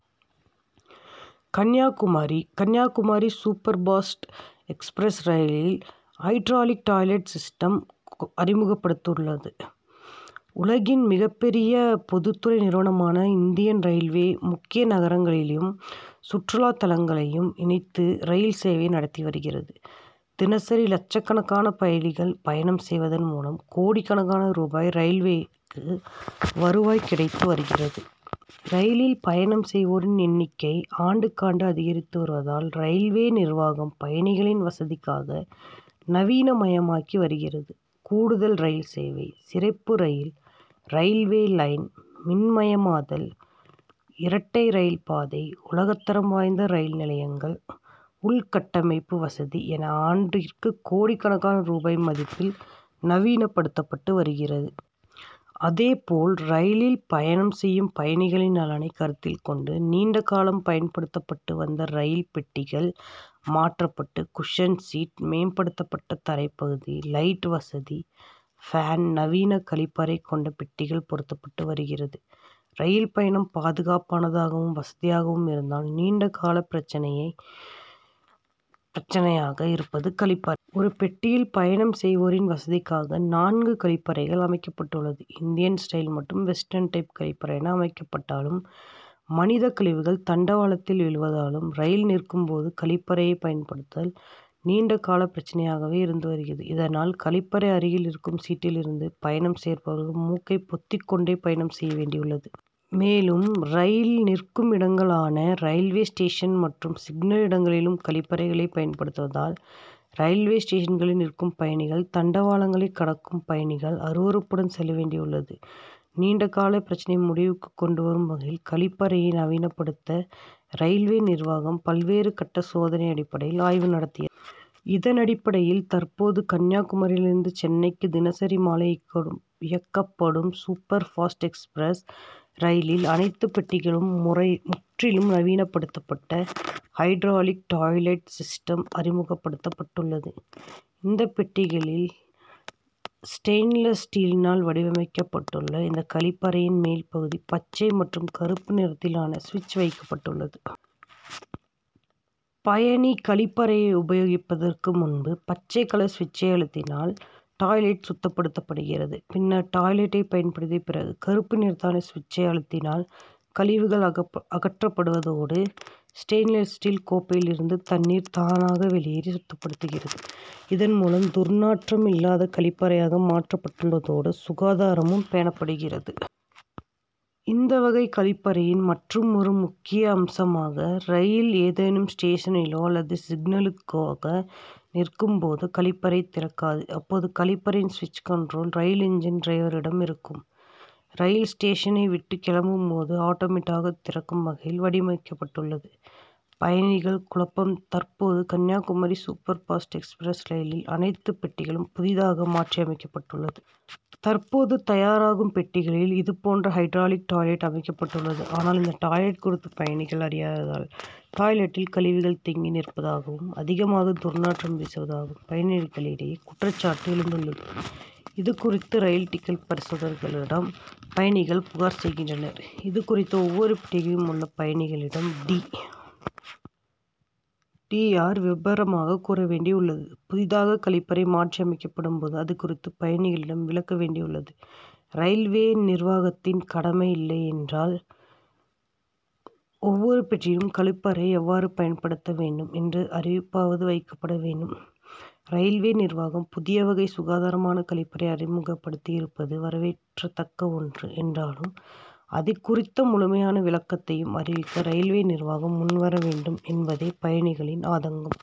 Kanyakumari Kanyakumari super fast express ரயிலில் hydraulic toilet system அறிமுகப்படுத்தப் பட்டுள்ளது. உலகின் மிகப்பெரிய பொதுதுறை நிறுவனமான இந்தியன் ரயில்வே முக்கிய நகரங்களையும் சுற்றுலா தலங்களையும் இணைத்து ரயில் சேவையை நடத்தி வருகிறது. தினசரி லட்சக்கணக்கான பயணிகள் பயணம் செய்வதன் மூலம் கோடிக்கணக்கான ரூபாய் ரயில்வேக்கு வருவாய் கிடைத்து வருகிறது. ரயிலில் பயணம் செய்வோரின் எண்ணிக்கை ஆண்டுக்காண்டு அதிகரித்து வருவதால், ரயில்வே நிர்வாகம் பயணிகளின் வசதிக்காக நவீனமயமாக்கி வருகிறது. கூடுதல் ரயில்சேவை, சிறப்பு ரயில், ரயில்வே லைன் மின்மயமாதல், இரட்டை ரயில்பாதை, உலகதரம் வாய்ந்த ரயில் நிலையங்கள், உள்கட்டமைப்பு வசதி என ஆண்டிற்கு கோடிக்கணக்கான ரூபாய் மதிப்பில் நவீனபடுத்தப்பட்டு வருகிறது. அதேபோல் ரயிலில் பயணம் செய்யும் பயணிகளின் நலனை கருத்தில் கொண்டு நீண்டகாலம் பயன்படுத்தப்பட்டு வந்த ரயில் பெட்டிகள் மாற்றப்பட்டு குஷன் சீட், மேம்படுத்தப்பட்ட தரைபகுதி, லைட் வசதி, பேன், நவீன கழிப்பறை கொண்ட பெட்டிகள் பொருத்தப்பட்டு வருகிறது. ரயில் பயணம் பாதுகாப்பானதாகவும், வசதியாகவும் இருந்தாலும், நீண்டகால பிரச்னையாக இருப்பது கழிப்பறை. ஒரு பெட்டியில் பயணம் செய்வோரின் வசதிக்காக நான்கு கழிப்பறைகள் அமைக்கப்பட்டுள்ளது. இந்தியன் ஸ்டைல் மற்றும் வெஸ்டன் டைப் கழிப்பறை என அமைக்கப்பட்டாலும், மனித கழிவுகள் தண்டவாளத்தில் விழுவதாலும் ரயில் நிற்கும்போது கழிப்பறையை பயன்படுத்தல் நீண்டகால பிரச்னையாகவே இருந்து வருகிறது. இதனால் கழிப்பறை அருகில் இருக்கும் சீட்டில் இருந்து பயணம் செய்பவர்கள் மூக்கை பொத்திக்கொண்டே பயணம் செய்ய வேண்டியுள்ளது. மேலும் ரயில் நிற்கும் இடங்களான ரயில்வே ஸ்டேஷன் மற்றும் சிக்னல் இடங்களிலும் கழிப்பறைகளை பயன்படுத்துவதால், ரயில்வே ஸ்டேஷன்களில் நிற்கும் பயணிகள் தண்டவாளங்களை கடக்கும் பயணிகள் அருவருப்புடன் செல்ல வேண்டியுள்ளது. நீண்டகால பிரச்னையை முடிவுக்கு கொண்டுவரும் வகையில் கழிப்பறையை நவீனபடுத்த ரயில்வே நிர்வாகம் பல்வேறு கட்ட சோதனை அடிப்படையில் ஆய்வு நடத்தியது. இதனடிப்படையில் தற்போது கன்னியாகுமரியிலிருந்து சென்னைக்கு தினசரி மாலை இயக்கப்படும் சூப்பர் பாஸ்ட் எக்ஸ்பிரஸ் ரயிலில் அனைத்து பெட்டிகளிலும் முற்றிலும் நவீனபடுத்தப்பட்ட ஹைட்ராலிக் டாய்லெட் சிஸ்டம் அறிமுகப்படுத்தப் பட்டுள்ளது. இந்த பெட்டிகளில் ஸ்டெயின்லெஸ் ஸ்டீலினால் வடிவமைக்கப்பட்டுள்ள இந்த கழிப்பறையின் மேல் பகுதியில் பச்சை மற்றும் கறுப்பு நிறத்திலான சுவிட்ச் வைக்கப்பட்டுள்ளது. பயணி கழிப்பறையை உபயோகிப்பதற்கு முன்பு பச்சை கலர் சுவிட்சை அமுத்தினால் டாய்லெட் சுத்தப்படுத்தப்படுகிறது. பின்னர் டாய்லெட்டை பயன்படுத்திய பிறகு கறுப்பு நிறத்திலான சுவிட்சை அமுத்தினால் கழிவுகள் அகற்றப்படுவதோடு, ஸ்டெயின்லெஸ் ஸ்டீல் கோப்பையில் இருந்து தண்ணீர் தானாக வெளியேறி சுத்தப்படுத்தப்படுகிறது. இதன்மூலம் துர்நாற்றம் இல்லாத கழிப்பறையாக மாற்றப்பட்டுள்ளதோடு, சுகாதாரமும் பேணப்படுகிறது. இந்த வகை கழிப்பறையின் மற்றுமொரு முக்கிய அம்சமாக ரயில் ஏதேனும் ஸ்டேஷனிலோ அல்லது சிக்னலுக்காக நிற்கும்போதோ, கழிப்பறை திறக்காது. அப்போது கழிப்பறையின் சுவிட்ச் கண்ட்ரோல் ரயில் இன்ஜின் டிரைவரிடம் இருக்கும். ரயில் ஸ்டேஷனைவிட்டு கிளம்பும்போது ஆட்டோமேட்டாக திறக்கும் வகையில் வடிவமைக்கப்பட்டுள்ளது. பயணிகள் குழப்பம் தற்போது கன்னியாகுமரி சூப்பர் பாஸ்ட் எக்ஸ்பிரஸ் ரயிலில் அனைத்து பெட்டிகளும் புதிதாக மாற்றியமைக்கப்பட்டுள்ளது. தற்போது தயாராகும் பெட்டிகளில் இதுபோன்ற ஹைட்ராலிக் டாய்லெட் அமைக்கப்பட்டுள்ளது. ஆனால் இந்த டாய்லெட் குறித்து பயணிகள் அறியாததால் டாய்லெட்டில் கழிவுகள் தேங்கி நிற்பதாகவும், அதிகமாக துர்நாற்றம் வீசுவதாகவும் பயணிகளிடையே குற்றசாட்டு எழுந்துள்ளது. இதுகுறித்து ரயில் டிக்கெட் பரிசோதகர்களிடம் பயணிகள் புகார் செய்கின்றனர். இது குறித்து ஒவ்வொரு பெட்டிகளிலும் உள்ள பயணிகளிடம் டி. டி. ஆர். விபரமாக கூறவேண்டியுள்ளது. புதிதாக கழிப்பறை மாற்றியமைக்கப்படும்போது அது குறித்து பயணிகளிடம் விளக்க வேண்டியுள்ளது ரயில்வே நிர்வாகத்தின் கடமை. இல்லையென்றால் ஒவ்வொரு பெட்டியிலும் கழிப்பறையை எவ்வாறு பயன்படுத்தவேண்டும் என்ற அறிவிப்பாவது வைக்கப்பட வேண்டும். ரயில்வே நிர்வாகம் புதியவகை சுகாதாரமான கழிப்பறையை அறிமுகப்படுத்தியிருப்பது வரவேற்கதக்க ஒன்று என்றாலும் அது குறித்த முழுமையான விளக்கத்தையும் அறிவிக்க ரயில்வே நிர்வாகம் முன்வரவேண்டும் என்பதே பயணிகளின் ஆதங்கம்.